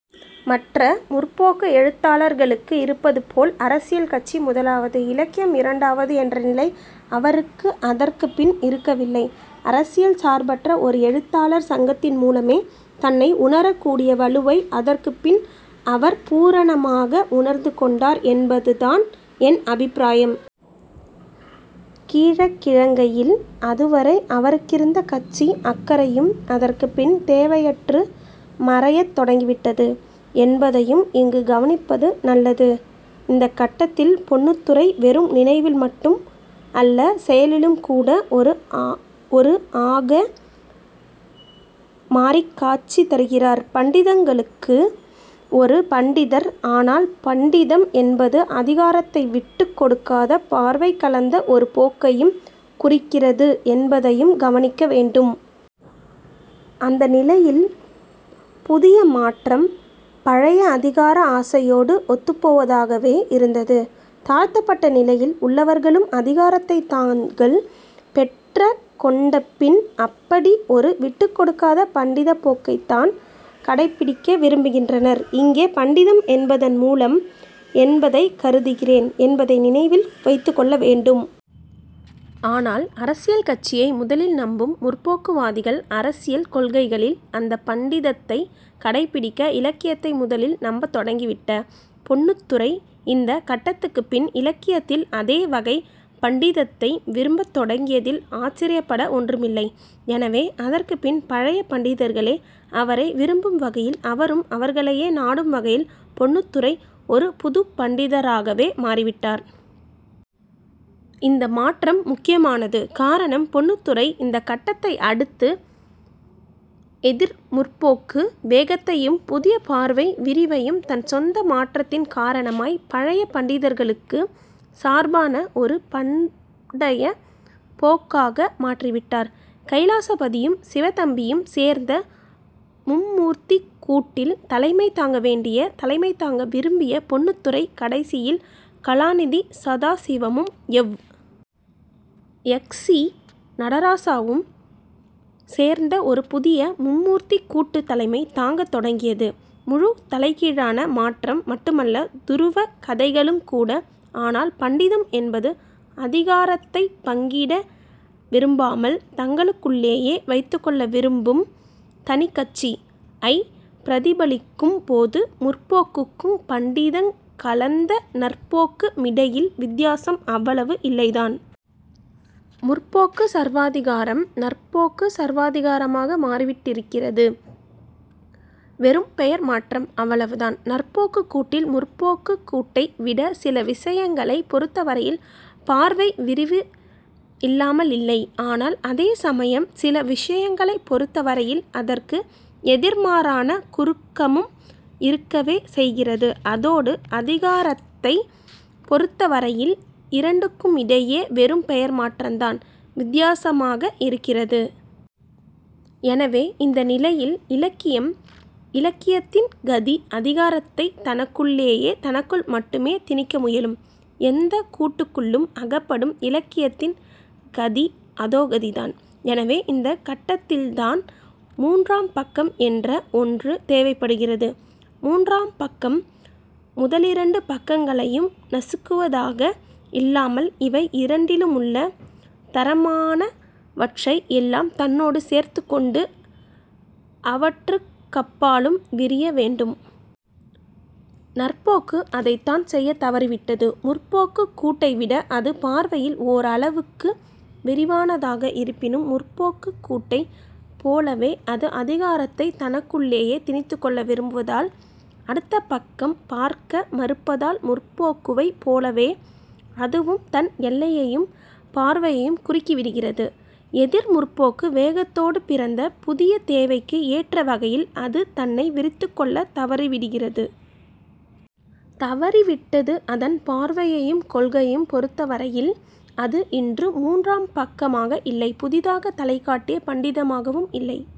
மற்ற 'முற்போக்கு' எழுத்தாளர்களுக்கு இருப்பதுபோல் அரசியல் கட்சி முதலாவது, இலக்கியம் இரண்டாவது என்ற நிலை அவருக்கு அதற்குப் பின் இருக்கவில்லை. அரசியல் சார்பற்ற ஒரு எழுத்தாளர் சங்கத்தின் மூலமே தன்னை உணரக்கூடிய வலுவை அதற்குப் பின் அவர் பூரணமாக உணர்ந்து கொண்டார் என்பதுதான் என் அபிப்பிராயம். கீழக்கிழங்கையில் அதுவரை அவருக்கிருந்த கட்சி அக்கறையும் அதற்குப் பின் தேவையற்று மறையத் தொடங்கிவிட்டது என்பதையும் இங்கு கவனிப்பது நல்லது. இந்தக் கட்டத்தில் பொன்னுத்துரை வெறும் நினைவில் மட்டும் அல்ல செயலிலும்கூட ஒரு ஒரு ஆக மாறிக் காட்சி தருகிறார். பண்டிதங்களுக்கும் ஒரு பண்டிதர். ஆனால் பண்டிதம் என்பது அதிகாரத்தை விட்டுக் கொடுக்காத பார்வை கலந்த ஒரு போக்கையும் குறிக்கிறது என்பதையும் கவனிக்க வேண்டும். அந்த நிலையில் புதிய மாற்றம் பழைய அதிகார ஆசையோடு ஒத்துப்போவதாகவே இருந்தது. தாழ்த்தப்பட்ட நிலையில் உள்ளவர்களும் அதிகாரத்தைத் தாங்கள் பெற்றக் கொண்ட பின் அப்படி ஒரு விட்டுக்கொடுக்காத பண்டிதப் போக்கைத்தான் கடைப்பிடிக்க விரும்புகின்றனர். இங்கே பண்டிதம் என்பதன் மூலம் என்பதைக் கருதுகிறேன் என்பதை நினைவில் வைத்துக் கொள்ள வேண்டும். ஆனால் அரசியல் கட்சியை முதலில் நம்பும் 'முற்போக்கு'வாதிகள் அரசியல் கொள்கைகளில் அந்தப் பண்டிதத்தைக் கடைப்பிடிக்க, இலக்கியத்தை முதலில் நம்பத் தொடங்கிவிட்ட பொன்னுத்துரை இந்த கட்டத்துக்குப் பின் இலக்கியத்தில் அதே வகைப் பண்டிதத்தை விரும்பத் தொடங்கியதில் ஆச்சரியப்பட ஒன்றுமில்லை. எனவே, அதற்குப் பின் பழைய பண்டிதர்களே அவரை விரும்பும் வகையில், அவரும் அவர்களையே நாடும் வகையில் பொன்னுத்துரை ஒரு புதுப் பண்டிதராகவே மாறிவிட்டார். இந்த மாற்றம் முக்கியமானது. காரணம், பொன்னுத்துரை இந்தக் கட்டத்தை அடுத்து 'எதிர் முற்போக்கு' வேகத்தையும் புதிய பார்வை விரிவையும், தன் சொந்த மாற்றத்தின் காரணமாய் பழைய பண்டிதர்களுக்குச் சார்பான ஒரு பண்டைய போக்காக மாற்றிவிட்டார். கைலாசபதியும் சிவத்தம்பியும் சேர்ந்த மும்மூர்த்திக்கூட்டில் தலைமை தாங்க வேண்டிய, தலைமை தாங்க விரும்பிய பொன்னுத்துரை கடைசியில் கலாநிதி சதாசிவமும், எவ். எக்ஸ். சி. நடராசாவும் சேர்ந்த ஒரு புதிய மும்மூர்த்திக் கூட்டுத் தலைமை தாங்கத் தொடங்கியது முழுத் தலைகீழான மாற்றம் மட்டுமல்ல துருவக் கதைகளுங்கூட. ஆனால் பண்டிதம் என்பது அதிகாரத்தைப் பங்கிட விரும்பாமல் தங்களுக்குள்ளேயே வைத்துக் கொள்ள விரும்பும் தனிக் கட்சி. ஐ பிரதிபலிக்கும்போது முற்போக்குக்கும் பண்டிதங் கலந்த 'நற்போக்கு' மிடையில் வித்தியாசம் அவ்வளவு இல்லைத்தான். 'முற்போக்கு' சர்வாதிகாரம் 'நற்போக்கு' சர்வாதிகாரமாக மாறிவிட்டிருக்கிறது. வெறும் பெயர் மாற்றம். அவ்வளவுதான். நற்போக்குக் கூட்டில் 'முற்போக்கு'க் கூட்டை விட சில விசயங்களைப் பொருத்தவரையில் பார்வை விரிவு இல்லாமலில்லை. ஆனால் அதே சமயம் சில விசயங்களைப் பொருத்தவரையில் அதற்கு எதிர்மாறான குறுக்கமும் இருக்கவே செய்கிறது. அதோடு அதிகாரத்தைப் பொருத்தவரையில் இரண்டுக்குமிடையே வெறும் பெயர் மாற்றந்தான் வித்தியாசமாக இருக்கிறது. எனவே இந்த நிலையில் இலக்கியம் இலக்கியத்தின் கதி அதிகாரத்தைத் தனக்குள்ளேயே தனக்குள் மட்டுமே, திணிக்க முயலும் எந்தக் கூட்டுக்குள்ளும் அகப்படும் இலக்கியத்தின் கதி அதோ கதிதான். எனவே இந்தக் கட்டத்தில்தான் 'மூன்றாம் பக்கம்' என்ற ஒன்று தேவைப்படுகிறது. மூன்றாம் பக்கம் முதலிரண்டு பக்கங்களையும் நசுக்குவதாக இல்லாமல் அவை இரண்டிலுமுள்ள தரமானவற்றை எல்லாம் தன்னோடு சேர்த்துக்கொண்டு அவற்றுக்கப்பாலும் விரிய வேண்டும். 'நற்போக்கு' அதைத்தான் செய்யத் தவறிவிட்டது. 'முற்போக்கு'க் கூட்டை விட அது பார்வையில் ஓரளவுக்கு விரிவானதாக இருப்பினும் 'முற்போக்கு'க் கூட்டைப் போலவே அது அதிகாரத்தைத் தனக்குள்ளேயே திணித்துக்கொள்ள விரும்புவதால் அடுத்த பக்கம் பார்க்க மறுப்பதால் முற்போக்குவைப் போலவே அதுவும் தன் எல்லையையும் பார்வையையும் குறுக்கிவிடுகிறது. எதிர் 'முற்போக்கு' வேகத்தோடு பிறந்த புதிய தேவைக்கு ஏற்ற வகையில் அது தன்னை விரித்துக்கொள்ளத் தவறிவிடுகிறது. தவறிவிட்டது. அதன் பார்வையையும் கொள்கையும் பொருத்தவரையில் அது இன்று மூன்றாம் பக்கமாக இல்லை. புதிதாகத் தலைகாட்டிய பண்டிதமாகவும் இல்லை.